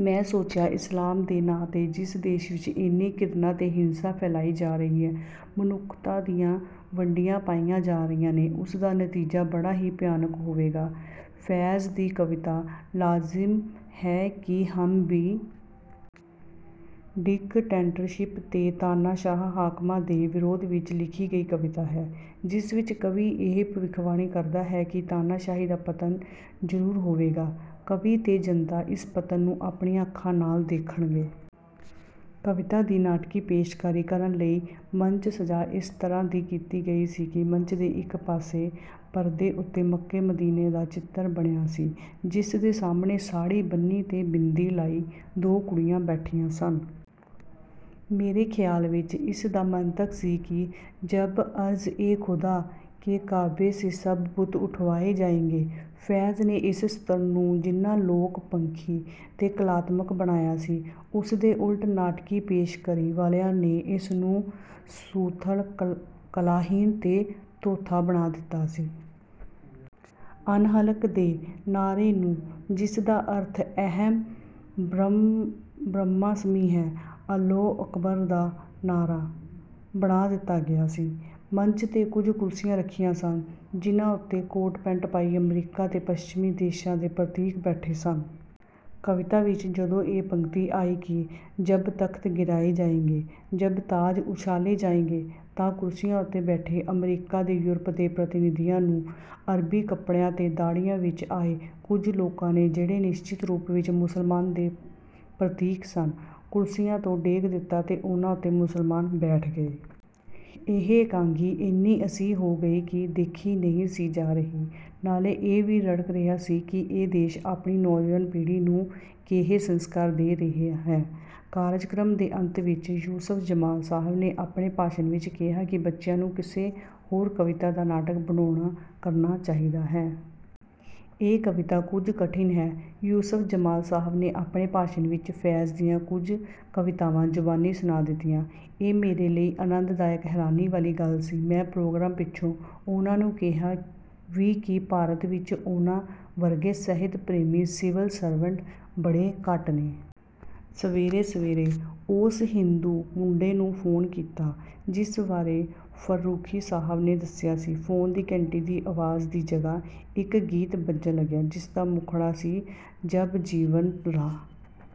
ਮੈਂ ਸੋਚਿਆ, ਇਸਲਾਮ ਦੇ ਨਾਂ ਤੇ ਜਿਸ ਦੇਸ਼ ਵਿੱਚ ਏਨੀ ਘਿਰਣਾ ਤੇ ਹਿੰਸਾ ਫੈਲਾਈ ਜਾ ਰਹੀ ਹੈ, 'ਮਨੁੱਖਤਾ' ਦੀਆਂ ਵੰਡੀਆਂ ਪਾਈਆਂ ਜਾ ਰਹੀਆਂ ਨੇ, ਉਸਦਾ ਨਤੀਜਾ ਬੜਾ ਹੀ ਭਿਆਨਕ ਹੋਵੇਗਾ। 'ਫ਼ੈਜ਼' ਦੀ ਕਵਿਤਾ 'ਲਾਜ਼ਿਮ ਹੈ ਕਿ ਹਮ ਭੀ...' ਡਿਕਟੇਟਰਸ਼ਿਪ ਤੇ ਤਾਨਾਸ਼ਾਹ ਹਾਕਮਾਂ ਦੇ ਵਿਰੋਧ ਵਿੱਚ ਲਿਖੀ ਗਈ ਕਵਿਤਾ ਹੈ, ਜਿਸ ਵਿੱਚ ਕਵੀ ਇਹ ਭਵਿੱਖਬਾਣੀ ਕਰਦਾ ਹੈ ਕਿ ਤਾਨਾਸ਼ਾਹੀ ਦਾ ਪਤਨ ਜ਼ਰੂਰ ਹੋਵੇਗਾ। ਕਵੀ ਤੇ ਜਨਤਾ ਇਸ ਪਤਨ ਨੂੰ ਆਪਣੀਆਂ ਅੱਖਾਂ ਨਾਲ ਦੇਖਣਗੇ। ਕਵਿਤਾ ਦੀ ਨਾਟਕੀ ਪੇਸ਼ਕਾਰੀ ਕਰਨ ਲਈ ਮੰਚ-ਸੱਜਾ ਇਸ ਤਰ੍ਹਾਂ ਦੀ ਕੀਤੀ ਗਈ ਸੀ ਕਿ ਮੰਚ ਦੇ ਇੱਕ ਪਾਸੇ ਪਰਦੇ ਉੱਤੇ ਮੱਕੇ-ਮਦੀਨੇ ਦਾ ਚਿੱਤਰ ਬਣਿਆ ਸੀ, ਜਿਸਦੇ ਸਾਹਮਣੇ ਸਾੜ੍ਹੀ ਬੰਨ੍ਹੀ ਤੇ ਬਿੰਦੀ ਲਾਈ ਦੋ ਕੁੜੀਆਂ ਬੈਠੀਆਂ ਸਨ। ਮੇਰੇ ਖ਼ਿਆਲ ਵਿੱਚ ਇਸ ਦਾ ਮੰਤਕ ਸੀ ਕਿ 'ਜਬ ਅਰਜ਼-ਏ-ਖ਼ੁਦਾ ਕੇ ਕਾਬੇ ਸੇ ਸਬ ਬੁਤ ਉਠਵਾਏ ਜਾਏਂਗੇ।' ਫ਼ੈਜ਼ ਨੇ ਇਸ ਸਤਰ ਨੂੰ ਜਿੰਨਾ ਲੋਕ-ਪੱਖੀ ਤੇ ਕਲਾਤਮਕ ਬਣਾਇਆ ਹੈ, ਉਸਦੇ ਉਲਟ ਨਾਟਕੀ ਪੇਸ਼ਕਾਰੀ ਵਾਲਿਆਂ ਨੇ ਉਸਨੂੰ ਸਥੂਲ, ਕਲਾਹੀਣ ਤੇ ਥੋਥਾ ਬਣਾ ਦਿੱਤਾ ਸੀ। 'ਅਨਲਹਕ' ਦੇ ਨਾਅਰੇ ਨੂੰ, ਜਿਸਦਾ ਅਰਥ 'ਅਹਮ ਬ੍ਰਹਮਾਸਮੀ' ਹੈ, 'ਅੱਲਾਹੋ ਅਕਬਰ' ਦਾ ਨਾਅਰਾ ਬਣਾ ਦਿੱਤਾ ਗਿਆ ਸੀ। ਮੰਚ 'ਤੇ ਕੁਝ ਕੁਰਸੀਆਂ ਰੱਖੀਆਂ ਸਨ, ਜਿਨ੍ਹਾਂ ਉੱਤੇ ਕੋਟ-ਪੈਂਟ ਪਾਈ ਅਮਰੀਕਾ ਤੇ ਪੱਛਮੀ ਦੇਸ਼ਾਂ ਦੇ ਪ੍ਰਤੀਕ ਬੈਠੇ ਸਨ। ਕਵਿਤਾ ਵਿੱਚ ਜਦੋਂ ਇਹ ਪੰਗਤੀ ਆਈ ਕਿ 'ਜਬ ਤਖ਼ਤ ਗਿਰਾਏ ਜਾਏਂਗੇ, ਜਬ ਤਾਜ ਉਛਾਲੇ ਜਾਏਂਗੇ', ਤਾਂ ਕੁਰਸੀਆਂ ਉੱਤੇ ਬੈਠੇ ਅਮਰੀਕਾ ਤੇ ਯੂਰਪ ਦੇ ਪ੍ਰਤੀਨਿਧੀਆਂ ਨੂੰ ਅਰਬੀ ਕੱਪੜਿਆਂ ਤੇ ਦਾੜ੍ਹੀਆਂ ਵਿੱਚ ਆਏ ਕੁਝ ਲੋਕਾਂ ਨੇ, ਜਿਹੜੇ ਨਿਸ਼ਚਿਤ ਰੂਪ ਵਿੱਚ ਮੁਸਲਮਾਨਾਂ ਦੇ ਪ੍ਰਤੀਕ ਸਨ, ਕੁਰਸੀਆਂ ਤੋਂ ਡੇਗ ਦਿੱਤਾ ਤੇ ਉਹਨਾਂ ਉੱਤੇ ਮੁਸਲਮਾਨ ਬੈਠ ਗਏ। ਇਹ ਇਕਾਂਗੀ ਏਨੀ ਅਸਹਿ ਹੋ ਗਈ ਕਿ ਦੇਖੀ ਨਹੀਂ ਸੀ ਜਾ ਰਹੀ। ਨਾਲੇ ਇਹ ਵੀ ਰੜਕ ਰਿਹਾ ਸੀ ਕਿ ਇਹ ਦੇਸ਼ ਆਪਣੀ ਨੌਜਵਾਨ ਪੀੜ੍ਹੀ ਨੂੰ ਕੇਹੇ ਸੰਸਕਾਰ ਦੇ ਰਿਹਾ ਹੈ? ਕਾਰਜਕ੍ਰਮ ਦੇ ਅੰਤ ਵਿੱਚ ਯੂਸੁਫ ਜਮਾਲ ਸਾਹਿਬ ਨੇ ਆਪਣੇ ਭਾਸ਼ਣ ਵਿੱਚ ਕਿਹਾ ਕਿ ਬੱਚਿਆਂ ਨੂੰ ਕਿਸੇ ਹੋਰ ਕਵਿਤਾ ਦਾ ਨਾਟਕ ਬਣਾਉਣਾ ਕਰਨਾ ਚਾਹੀਦਾ ਹੈ। ਇਹ ਕਵਿਤਾ ਕੁਝ ਕਠਿਨ ਹੈ। ਯੂਸੁਫ ਜਮਾਲ ਸਾਹਿਬ ਨੇ ਆਪਣੇ ਭਾਸ਼ਣ ਵਿੱਚ ਫ਼ੈਜ਼ ਦੀਆਂ ਕੁਝ ਕਵਿਤਾਵਾਂ ਜ਼ੁਬਾਨੀ ਸੁਣਾ ਦਿੱਤੀਆਂ। ਇਹ ਮੇਰੇ ਲਈ ਆਨੰਦਦਾਇਕ ਹੈਰਾਨੀ ਵਾਲੀ ਗੱਲ ਸੀ। ਮੈਂ ਪ੍ਰੋਗਰਾਮ ਪਿੱਛੋਂ ਉਹਨਾਂ ਨੂੰ ਕਿਹਾ ਵੀ ਕਿ ਭਾਰਤ ਵਿੱਚ ਉਹਨਾਂ ਵਰਗੇ ਸਾਹਿਤ-ਪ੍ਰੇਮੀ ਸਿਵਲ ਸਰਵੈਂਟ ਬੜੇ ਘੱਟ ਨੇ। ਸਵੇਰੇ-ਸਵੇਰੇ ਉਸ ਹਿੰਦੂ ਮੁੰਡੇ ਨੂੰ ਫੋਨ ਕੀਤਾ, ਜਿਸ ਬਾਰੇ ਫ਼ਰਰੁਖ਼ੀ ਸਾਹਿਬ ਨੇ ਦੱਸਿਆ ਸੀ। ਫੋਨ ਦੀ ਘੰਟੀ ਦੀ ਆਵਾਜ਼ ਦੀ ਜਗ੍ਹਾ ਇੱਕ ਗੀਤ ਵੱਜਣ ਲੱਗਿਆ, ਜਿਸਦਾ ਮੁਖੜਾ ਸੀ, 'ਜਬ ਜੀਵਨ ਰਾਹ...'